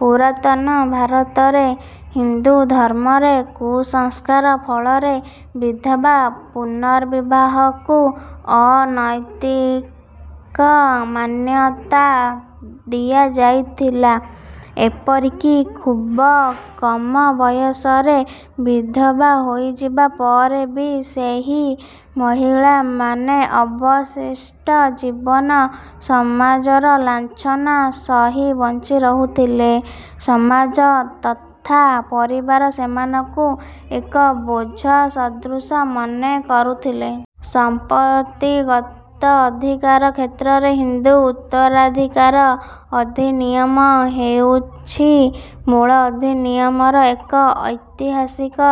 ପୁରାତନ ଭାରତରେ ହିନ୍ଦୁ ଧର୍ମରେ କୁସଂସ୍କାର ଫଳରେ ବିଧବା ପୁନର୍ବିବାହକୁ ଅନୈତିକ ମାନ୍ୟତା ଦିଆଯାଇଥିଲା। ଏପରିକି ଖୁବ କମ ବୟସରେ ବିଧବା ହୋଇଯିବା ପରେ ବି ସେହି ମହିଳାମାନେ ଅବଶିଷ୍ଟ ଜୀବନ ସମାଜର ଲାଞ୍ଛନା ସହି ବଞ୍ଚି ରହୁଥିଲେ। ସମାଜ ତଥା ପରିବାର ସେମାନଙ୍କୁ ଏକ ବୋଝ ସଦୃଶ ମନେ କରୁଥିଲେ। ସମ୍ପତ୍ତିଗତ ଅଧିକାର କ୍ଷେତ୍ରରେ ହିନ୍ଦୁ ଉତ୍ତରାଧିକାର ଅଧିନିୟମ ହେଉଛି ମୂଳ ଅଧିନିୟମର ଏକ ଐତିହାସିକ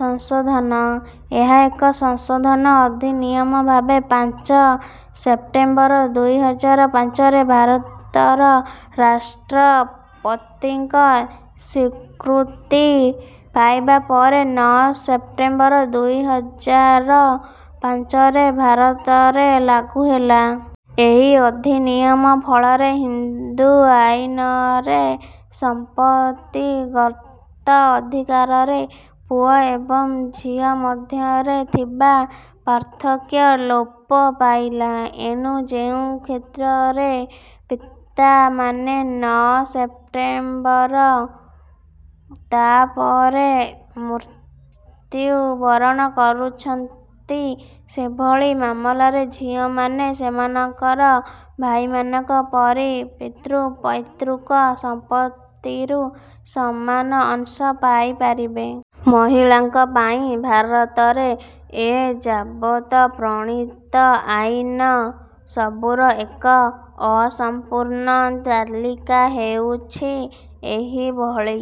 ସଂଶୋଧନ। ଏହା ଏକ ସଂଶୋଧନ ଅଧିନିୟମ ଭାବେ ପାଞ୍ଚ ସେପ୍ଟେମ୍ବର ଦୁଇ ହଜାର ପାଞ୍ଚରେ ଭାରତର ରାଷ୍ଟ୍ରପତିଙ୍କ ସ୍ୱୀକୃତି ପାଇବା ପରେ ନଅ ସେପ୍ଟେମ୍ବର ଦୁଇ ହଜାର ପାଞ୍ଚରେ ଭାରତରେ ଲାଗୁ ହେଲା। ଏହି ଅଧିନିୟମ ଫଳରେ ହିନ୍ଦୁ ଆଇନରେ ସମ୍ପତ୍ତିଗତ ଅଧିକାରରେ ପୁଅ ଏବଂ ଝିଅ ମଧ୍ୟରେ ଥିବା ପାର୍ଥକ୍ୟ ଲୋପ ପାଇଲା। ଏଣୁ ଯେଉଁ କ୍ଷେତ୍ରରେ ପିତାମାନେ ନଅ ସେପ୍ଟେମ୍ବର ବା ତା ପରେ ମୃତ୍ୟୁବରଣ କରୁଛନ୍ତି ସେଭଳି ମାମଲାରେ ଝିଅମାନେ ସେମାନଙ୍କର ଭାଇମାନଙ୍କ ପରି ପିତୃପୈତୃକ ସମ୍ପତ୍ତିରୁ ସମାନ ଅଂଶ ପାଇପାରିବେ। ମହିଳାଙ୍କ ପାଇଁ ଭାରତରେ ଏ ଯାବତ ପ୍ରଣୀତ ଆଇନ ସବୁର ଏକ ଅସମ୍ପୂର୍ଣ୍ଣ ତାଲିକା ହେଉଛି ଏହିଭଳି।